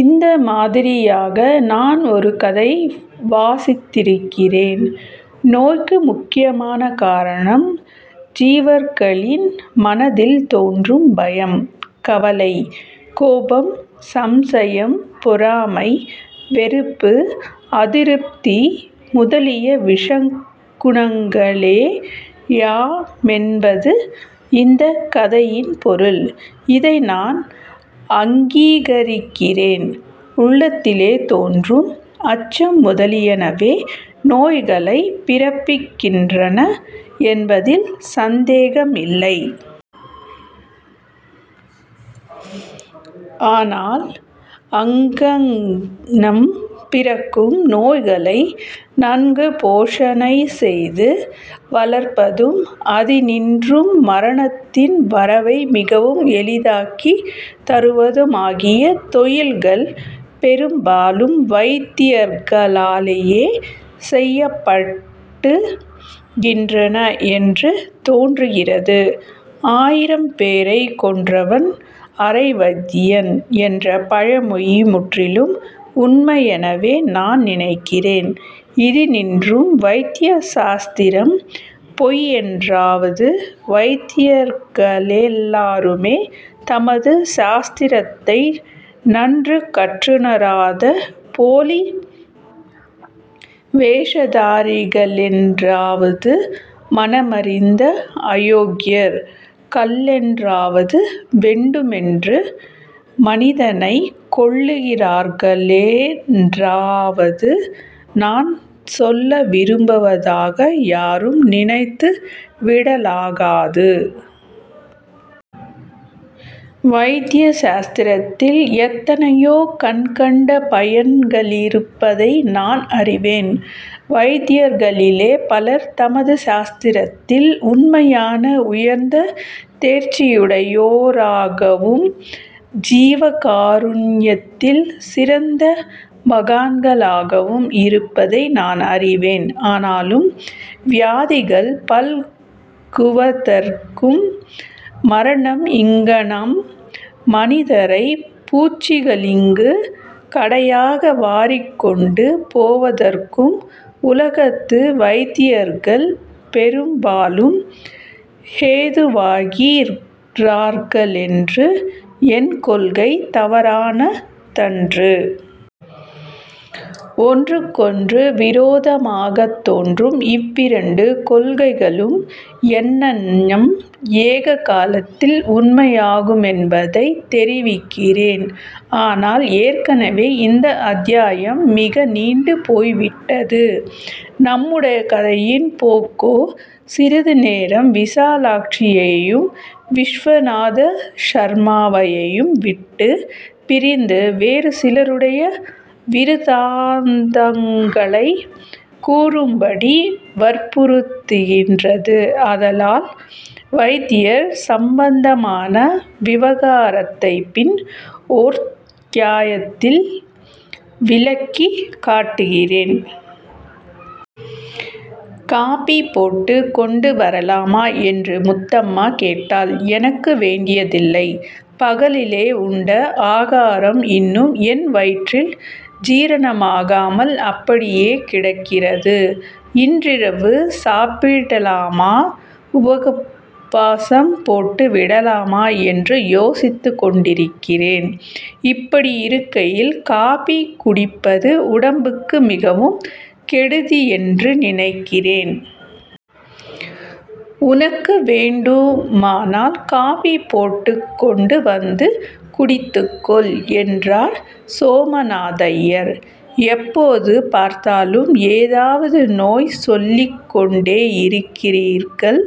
இந்த மாதிரியாக நான் ஒரு கதை வாசித்திருக்கிறேன். நோய்க்கு முக்கியமான காரணம் ஜீவர்களின் மனதில் தோன்றும் பயம், கவலை, கோபம், சம்சயம், பொறாமை, வெறுப்பு, அதிருப்தி முதலிய விஷகுணங்களேயாமென்பது இந்தக் கதையின் பொருள். இதை நான் அங்கீகரிக்கிறேன். உள்ளத்திலே தோன்றும் அச்சம் முதலியனவே நோய்களைப் பிறப்பிக்கின்றன என்பதில் சந்தேகமில்லை. ஆனால் அங்ஙனம் பிறக்கும் நோய்களை நன்கு போஷணை செய்து வளர்ப்பதும், அதினின்றும் மரணத்தின் வரவை மிகவும் எளிதாக்கித் தருவதுமாகிய தொழில்கள் பெரும்பாலும் வைத்தியர்களாலேயே செய்யப்படுகின்றன என்று தோன்றுகிறது. ஆயிரம் பேரைக் கொன்றவன் அரை வைத்தியன் என்ற பழமொழி முற்றிலும் உண்மையெனவே நான் நினைக்கிறேன். இதினின்றும் வைத்திய சாஸ்திரம் பொய்யென்றாவது, வைத்தியர்களெல்லாருமே தமது சாஸ்த்திரத்தை நன்று கற்றுணராத போலி வேஷதாரிகளென்றாவது மனமறிந்த அயோக்யர்-களென்றாவது, வேண்டுமென்று மனிதனைக் கொல்லுகிறார்களென்றாவது நான் சொல்ல விரும்புவதாக யாரும் நினைத்து விடலாகாது. வைத்திய சாஸ்திரத்தில் எத்தனையோ கண்கண்ட பயன்களிருப்பதை நான் அறிவேன். வைத்தியர்களிலே பலர் தமது சாஸ்திரத்தில் உண்மையான உயர்ந்த தேர்ச்சியுடையோராகவும் ஜீவகாருண்யத்தில் சிறந்த மகான்களாகவும் இருப்பதை நான் அறிவேன். ஆனாலும், வியாதிகள் பல்குவதற்கும், மரணம் இங்ஙனம் மனிதரைப் பூச்சிகளிலுங் கடையாக வாரிக்கொண்டு போவதற்கும் உலகத்து வைத்தியர்கள் பெரும்பாலும் ஹேதுவாகிறார்களென்ற என் கொள்கை தவறானதன்று. ஒன்றுக்கொன்று விரோதமாகத் தோன்றும் இவ்விரண்டு கொள்கைகளும் எங்ஙனம் ஏககாலத்தில் உண்மையாகுமென்பதைத் தெரிவிக்கிறேன். ஆனால், ஏற்கெனவே இந்த அத்தியாயம் மிக நீண்டு போய்விட்டது. நம்முடைய கதையின் போக்கோ சிறிது நேரம் விசாலாட்சியையும் விசுவநாத சர்மாவையும் விட்டுப் பிரிந்து வேறு சிலருடைய விருத்தாந்தங்களைக் கூறும்படி வற்புறுத்துகின்றது. ஆதலால் வைத்தியர் சம்பந்தமான விவகாரத்தைப் பின் ஓரத்யாயத்தில் விளக்கிக் காட்டுகிறேன். ''காபி போட்டுக் கொண்டு வரலாமா? '' என்று முத்தம்மா கேட்டாள். ''எனக்கு வேண்டியதில்லை. பகலிலே உண்ட ஆகாரம் இன்னும் என் வயிற்றில் ஜீரணமாகாமல் அப்படியே கிடக்கிறது. இன்றிரவு சாப்பிடலாமா, உபவாசம் போட்டு விடலாமா என்று யோசித்துக் கொண்டிருக்கிறேன். இப்படியிருக்கையில் காபி குடிப்பது உடம்புக்கு மிகவும் கெடுதியென்று நினைக்கிறேன். உனக்கு வேண்டுமானால் காபி போட்டுக் கொண்டு வந்து குடித்துக் கொள்'' என்றார் சோமநாதய்யர். ''எப்போது பார்த்தாலும் ஏதாவது நோய் சொல்லிக் கொண்டேயிருக்கிறீர்கள்.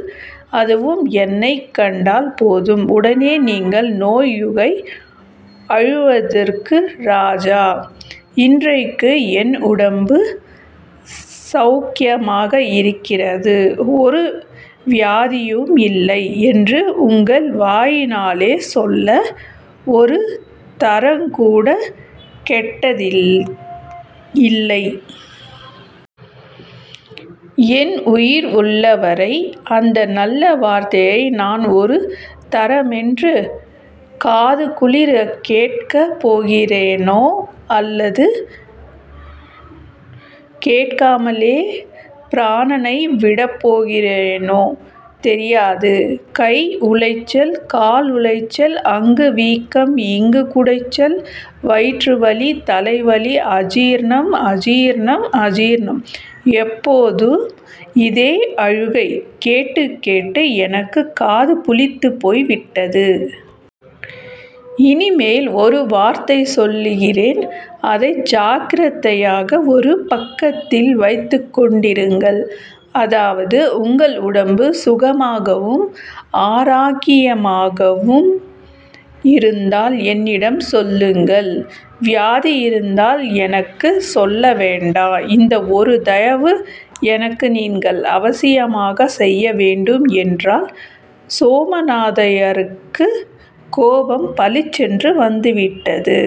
அதுவும் என்னைக் கண்டால் போதும், உடனே நீங்கள் நோயழுகை அழுவதற்கு ராஜா. 'இன்றைக்கு என் உடம்பு ஸௌக்யமாக இருக்கிறது. ஒரு வியாதியுமில்லை' என்று உங்கள் வாயினாலே சொல்ல ஒரு தரங்கூடக் கேட்டதில்லை. என் உயிர் உள்ளவரை அந்த நல்ல வார்த்தையை நான் ஒரு தரமேனும் காது குளிரக் கேட்கப் போகிறேனோ, அல்லது கேட்காமலே பிராணனை விடப் போகிறேனோ, தெரியாது. கை உளைச்சல், கால் உளைச்சல், அங்கு வீக்கம், இங்கு குடைச்சல், வயிற்றுவலி, தலைவலி, அஜீர்ணம், அஜீர்ணம், அஜீர்ணம்-எப்போதும் இதே அழுகை கேட்டுக் கேட்டு எனக்குக் காது புளித்துப் போய்விட்டது. இனிமேல் ஒரு வார்த்தை சொல்லுகிறேன். அதை ஜாக்கிரதையாக ஒரு பக்கத்தில் வைத்துக் கொண்டிருங்கள். அதாவது, உங்கள் உடம்பு சுகமாகவும் ஆராக்கியமாகவும் இருந்தால் என்னிடம் சொல்லுங்கள். வியாதியிருந்தால் எனக்குச் சொல்ல வேண்டா. இந்த ஒரு தயவு எனக்கு நீங்கள் அவசியமாகச் செய்யவேண்டும்'' என்றாள். சோமநாதய்யருக்குக் கோபம் பளிச்சென்று வந்துவிட்டது.